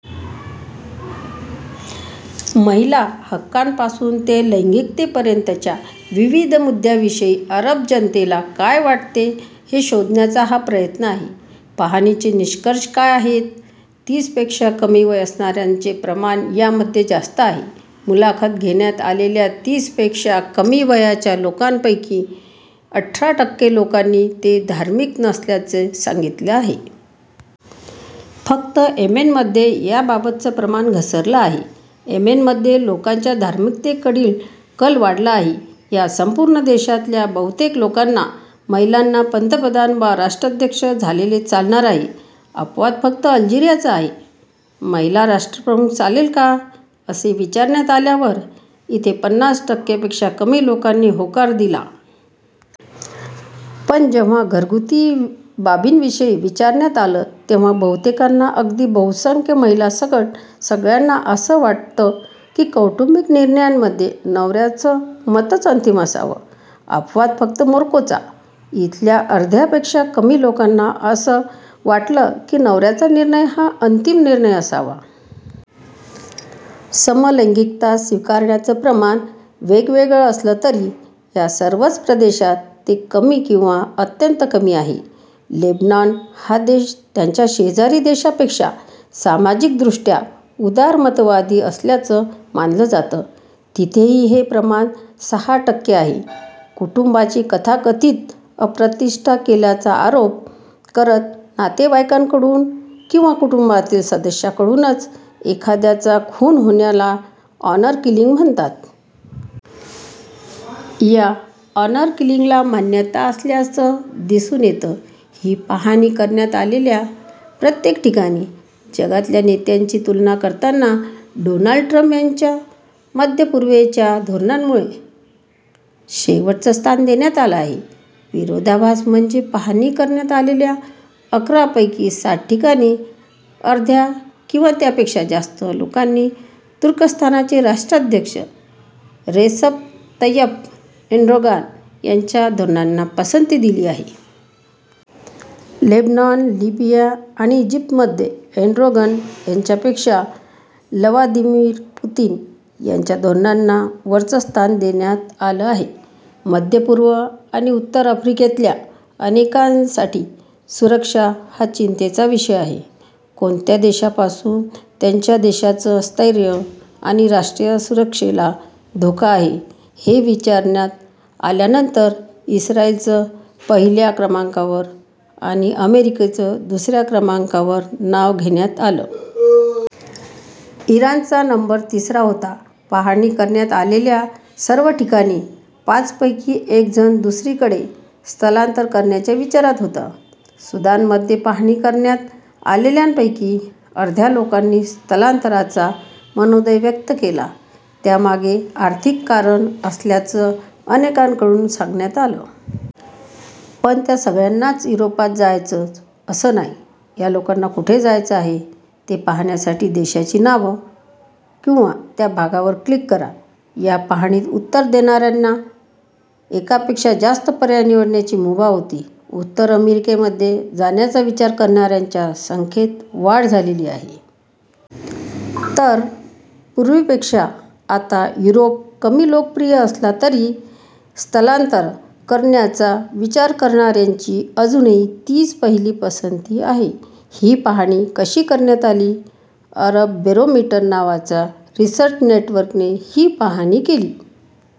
महिला हक्कांपासून ते लैंगिकतेपर्यंतच्या विविध मुद्द्यांविषयी अरब जनतेला काय वाटते, हे शोधण्याचा हा प्रयत्न आहे. पाहणीचे निष्कर्ष काय आहेत? तीसपेक्षा कमी वय असणाऱ्यांचं प्रमाण यामध्ये जास्त आहे. मुलाखत घेण्यात आलेल्या तीस पेक्षा कमी वयाच्या लोकांपैकी अठरा टक्के लोकांनी ते धार्मिक नसल्याचं सांगितलं आहे. फक्त येमेनमध्ये याबाबतचं प्रमाण घसरलेलं आहे. येमेनमध्ये लोकांचा धार्मिकतेकडील कल वाढला आहे. या संपूर्ण प्रदेशातल्या बहुतेक लोकांना महिलांना पंतप्रधान वा राष्ट्राध्यक्ष झालेलं चालणार आहे. अपवाद फक्त अल्जिरियाचा आहे. महिला राष्ट्रप्रमुख चालेल का? असे विचारण्यात आल्यावर इथे पन्नास टक्के पेक्षा कमी लोकांनी होकार दिला. पण जेव्हा घरगुती बाबींविषयी विचारण्यात आलं तेव्हा बहुतेकांना, अगदी बहुसंख्य महिलांसकट सगळ्यांना असं वाटतं की कौटुंबिक निर्णयामध्ये नवऱ्याचं मतच अंतिम असावं. अपवाद फक्त मोरक्कोचा, इथल्या अर्ध्यापेक्षा कमी लोकांना असं वाटलं की नवऱ्याचा निर्णय हा अंतिम निर्णय असावा. समलैंगिकता स्वीकारण्याचं प्रमाण वेगवेगळं असलं तरी या सर्वच प्रदेशात ते कमी किंवा अत्यंत कमी आहे. लेबनॉन हा देश त्याच्या शेजारी देशांपेक्षा सामाजिकदृष्ट्या उदारमतवादी असल्याचं मानलं जातं. तिथेही हे प्रमाण सहा टक्के आहे. कुटुंबाची कथाकथित अप्रतिष्ठा केल्याचा आरोप करत नातेवाईकाकडून किंवा कुटुंबातील सदस्याकडूनच एखाद्याचा खून होण्याला ऑनर किलिंग म्हणतात. या ऑनर किलिंगला मान्यता असल्याचं दिसून येतं. ही पाहणी करण्यात आलेल्या प्रत्येक ठिकाणी जगातल्या नेत्यांची तुलना करताना, डोनाल्ड ट्रंप यांच्या मध्य-पूर्वेच्या धोरणांमुळे शेवटचं स्थान देण्यात आलं आहे. विरोधाभास म्हणजे, पाहणी करण्यात आलेल्या अकरा पैकी सात ठिकाणी अर्ध्या किंवा त्यापेक्षा जास्त लोकांनी तुर्कस्तानचे राष्ट्राध्यक्ष रेसप तय्यप ऐनड्रोगान यांच्या धोरणांना पसंती दिली आहे. लेबनॉन, लिबिया आणि इजिप्तमध्ये एर्डोगन यांच्यापेक्षा व्लादिमिर पुतीन यांच्या धोरणांना वरचं स्थान देण्यात आलं आहे. मध्य-पूर्व आणि उत्तर आफ्रिकेतल्या अनेकांसाठी सुरक्षा हा चिंतेचा विषय आहे. कोणत्या देशापासून त्यांच्या देशाचं स्थैर्य आणि राष्ट्रीय सुरक्षेला धोका आहे हे विचारण्यात आल्यानंतर इस्रायलचं पहिल्या क्रमाकांवर आणि अमेरिकेचं दुसऱ्या क्रमांकावर नाव घेण्यात आलं. इराणचा नंबर तिसरा होता. पाहणी करण्यात आलेल्या सर्व ठिकाणी पाचपैकी एक जण दुसरीकडे स्थलांतर करण्याच्या विचारात होता. सुदानमध्ये पाहणी करण्यात आलेल्यांपैकी अर्ध्या लोकांनी स्थलांतराचा मनोदय व्यक्त केला. त्यामागे आर्थिक कारणं असल्याचं अनेकांकडून सांगण्यात आलं. पण त्या सगळ्यांनाच युरोपात जायचंय, असं नाही या लोकांना कुठे जायचं आहे ते पाहण्यासाठी देशांची नावं किंवा त्या भागांवर क्लिक करा. या पाहणीत उत्तरं देणाऱ्यांना एकापेक्षा जास्त पर्याय निवडण्याची मुभा होती. उत्तर अमेरिकेमध्ये जाण्याचा विचार करणाऱ्यांच्या संख्येत वाढ झालेली आहे. तर पूर्वीपेक्षा आता युरोप कमी लोकप्रिय असला तरी स्थलांतर करण्याचा विचार करणाऱ्यांची अजूनही तीच पहिली पसंती आहे. ही पाहणी कशी करण्यात आली? अरब बॅरोमीटर नावाच्या रिसर्च नेटवर्कने ही पाहणी केली.